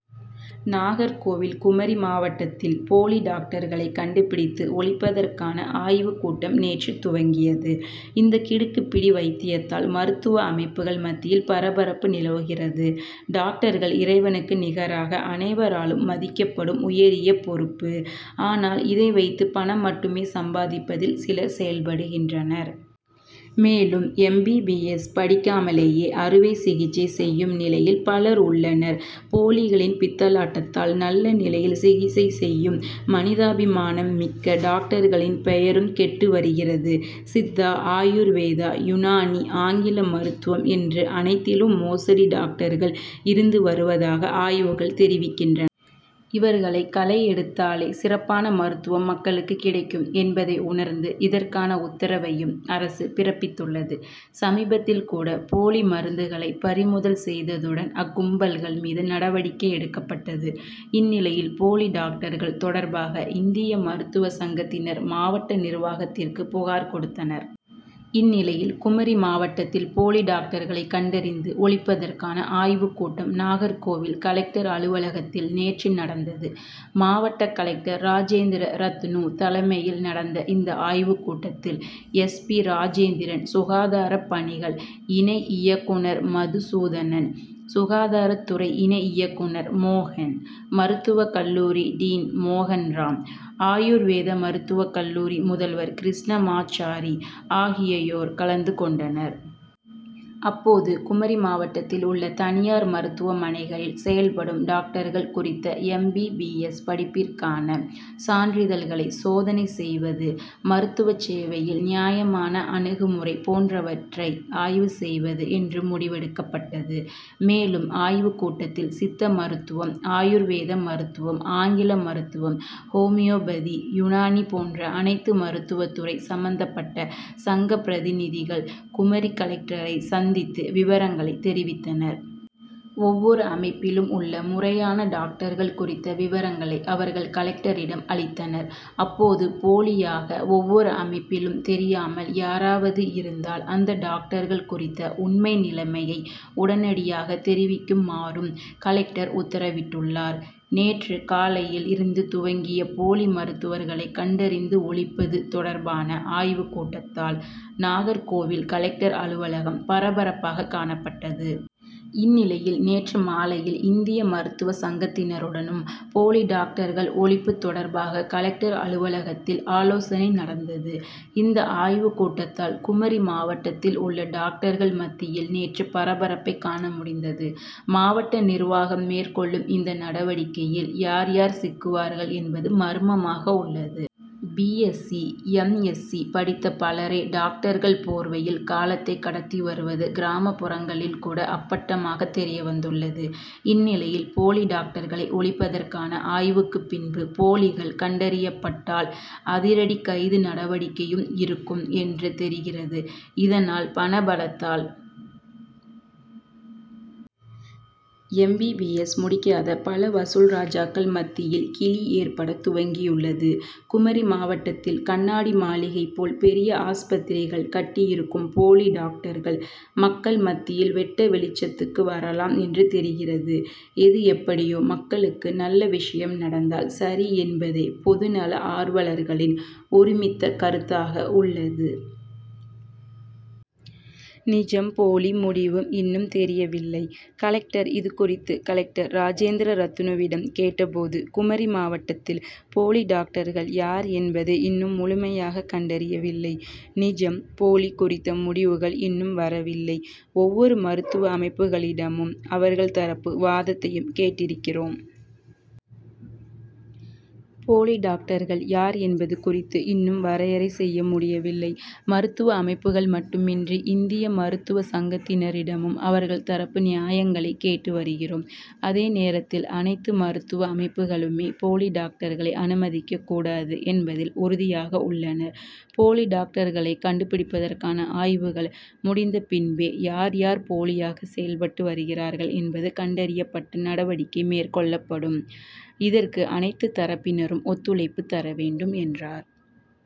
நாகர்கோவில் குமரி மாவட்டத்தில் போலி டாக்டர்களை கண்டுபிடித்து ஒழிப்பதற்கான ஆய்வுக்கூட்டம் நேற்று துவங்கியது. இந்த கிடுக்கிப்பிடி வைத்தியத்தால் மருத்துவ அமைப்புகள் மத்தியில் பரபரப்பு நிலவுகிறது. டாக்டர்கள்- இறைவனுக்கு நிகராக அனைவராலும் மதிக்கப்படும் உயரிய பொறுப்பு. ஆனால் இதை வைத்து பணம் மட்டுமே சம்பாதிப்பதில் சிலர் செயல்படுகின்றனர். மேலும் எம். பி. பி. எஸ். படிக்காமலேயே அறுவை சிகிச்சை செய்யும் நிலையில் பலர் உள்ளனர். போலிகளின் பித்தலாட்டத்தால் நல்ல நிலையில் சிகிச்சை செய்யும் மனிதாபிமானம் மிக்க டாக்டர்களின் பெயரும் கெட்டு வருகிறது. சித்தா, ஆயுர்வேதா, யுனானி, ஆங்கில மருத்துவம் என்று அனைத்திலும் மோசடி டாக்டர்கள் இருந்து வருவதாக ஆய்வுகள் தெரிவிக்கின்றன. இவர்களை களைஎடுத்தாலே சிறப்பான மருத்துவம் மக்களுக்கு கிடைக்கும் என்பதை உணர்ந்து இதற்கான உத்தரவையும் அரசு பிறப்பித்துள்ளது. சமீபத்தில் கூட போலி மருந்துகளை பறிமுதல் செய்ததுடன், அக்கும்பல்கள் மீது நடவடிக்கை எடுக்கப்பட்டது. இந்நிலையில் போலி டாக்டர்கள் தொடர்பாக இந்திய மருத்துவ சங்கத்தினர் மாவட்ட நிர்வாகத்திற்கு புகார் கொடுத்தனர். இந்நிலையில் குமரி மாவட்டத்தில் போலி டாக்டர்களை கண்டறிந்து ஒழிப்பதற்கான ஆய்வுக்கூட்டம் நாகர்கோவில் கலெக்டர் அலுவலகத்தில் நேற்று நடந்தது. மாவட்ட கலெக்டர் ராஜேந்திர ரத்னூ தலைமையில் நடந்த இந்த ஆய்வுக்கூட்டத்தில் எஸ். பி. ராஜேந்திரன், சுகாதாரப்பணிகள் இணை இயக்குனர் மதுசூதனன், சுகாதாரத்துறை இணை இயக்குனர் மோகன், மருத்துவக்கல்லூரி டீன் மோகன்ராம், ஆயுர்வேத மருத்துவக்கல்லூரி முதல்வர் கிருஷ்ணமாச்சாரி ஆகியயோர் கலந்துகொண்டனர். அப்போது குமரி மாவட்டத்தில் உள்ள தனியார் மருத்துவமனைகளில் செயல்படும் டாக்டர்கள் குறித்த எம். பி. பி. எஸ். படிப்பிற்கான சான்றிதழ்களை சோதனை செய்வது. மருத்துவச்சேவையில் நியாயமான அணுகுமுறை போன்றவற்றை ஆய்வு செய்வது என்று முடிவெடுக்கப்பட்டது. மேலும் ஆய்வு கூட்டத்தில் சித்த மருத்துவம், ஆயுர்வேத மருத்துவம், ஆங்கில மருத்துவம், ஹோமியோபதி, யுனானி போன்ற அனைத்து மருத்துவத்துறை சம்பந்தப்பட்ட சங்க பிரதிநிதிகள் குமரி கலெக்டரை சந்தித்து விவரங்களை தெரிவித்தனர். ஒவ்வொரு அமைப்பிலும் உள்ள முறையான டாக்டர்கள் குறித்த விவரங்களை அவர்கள் கலெக்டரிடம் அளித்தனர். அப்போது போலியாக ஒவ்வொரு அமைப்பிலும் தெரியாமல் யாராவது இருந்தால் அந்த டாக்டர்கள் குறித்த உண்மை நிலையை உடனடியாக தெரிவிக்குமாறும் கலெக்டர் உத்தரவிட்டுள்ளார். நேற்று காலையில் இருந்து துவங்கிய போலி மருத்துவர்களை கண்டறிந்து ஒழிப்பது தொடர்பான ஆய்வு கூட்டத்தால் நாகர்கோவில் கலெக்டர் அலுவலகம் பரபரப்பாக காணப்பட்டது. இந்நிலையில் நேற்று மாலையில் இந்திய மருத்துவ சங்கத்தினருடனும் போலி டாக்டர்கள் ஒழிப்பு தொடர்பாக கலெக்டர் அலுவலகத்தில் ஆலோசனை நடந்தது. இந்த ஆய்வு கூட்டத்தால் குமரி மாவட்டத்தில் உள்ள டாக்டர்கள் மத்தியில் நேற்று பரபரப்பை காணமுடிந்தது. மாவட்ட நிர்வாகம் மேற்கொள்ளும் இந்த நடவடிக்கையில் யார், யார் சிக்குவார்கள் என்பது மர்மமாக உள்ளது. பி. S C., M. எஸ்சி., படித்த பலரே டாக்டர்கள் போர்வையில் காலத்தை கடத்திவருவது கிராமப்புறங்களில் கூட அப்பட்டமாக தெரிய வந்துள்ளது. இந்நிலையில் போலி டாக்டர்களை ஒழிப்பதற்கான ஆய்வுக்குபின்பு போலிகள் கண்டறியப்பட்டால் அதிரடி கைது நடவடிக்கையும் இருக்கும் என்று தெரிகிறது. இதனால் பணபலத்தால் எம். பி. பி. எஸ். முடிக்காத பல வசூல்ராஜாக்கள் மத்தியில் கிலி ஏற்பட துவங்கியுள்ளது. குமரி மாவட்டத்தில் கண்ணாடி மாளிகைப்போல் பெரிய ஆஸ்பத்திரிகள் கட்டியிருக்கும் போலி டாக்டர்கள் மக்கள் மத்தியில் வெட்டவெளிச்சத்துக்கு வரலாம் என்று தெரிகிறது. எது எப்படியோ மக்களுக்கு நல்ல விஷயம் நடந்தால் சரிஎன்பதே பொதுநல ஆர்வலர்களின் ஒருமித்த கருத்தாக உள்ளது. நிஜம், போலி முடிவு இன்னும் தெரியவில்லை கலெக்டர் இதுகுறித்து கலெக்டர் ராஜேந்திர ரத்னூவிடம் கேட்டபோது குமரி மாவட்டத்தில் போலி டாக்டர்கள் யார் என்பதை இன்னும் முழுமையாக கண்டறியவில்லை. நிஜம், போலி குறித்த முடிவுகள் இன்னும் வரவில்லை. ஒவ்வொரு மருத்துவ அமைப்புகளிடமும் அவர்கள் தரப்பு வாதத்தையும் கேட்டிருக்கிறோம். போலி டாக்டர்கள் யார் என்பது குறித்து இன்னும் வரையறை செய்யமுடியவில்லை. மருத்துவ அமைப்புகள் மட்டுமின்றி இந்திய மருத்துவ சங்கத்தினரிடமும் அவர்கள் தரப்பு நியாயங்களை கேட்டு வருகிறோம். அதே நேரத்தில் அனைத்து மருத்துவ அமைப்புகளுமே போலி டாக்டர்களை அனுமதிக்கக்கூடாது என்பதில் உறுதியாக உள்ளனர். போலி டாக்டர்களை கண்டுபிடிப்பதற்கான ஆய்வுகள் முடிந்த பின்பே யார், யார் போலியாக செயல்பட்டு வருகிறார்கள் என்பது கண்டறியப்பட்டு நடவடிக்கை மேற்கொள்ளப்படும். இதற்கு அனைத்து தரப்பினரும் ஒத்துழைப்பு தரவேண்டும் என்றார்.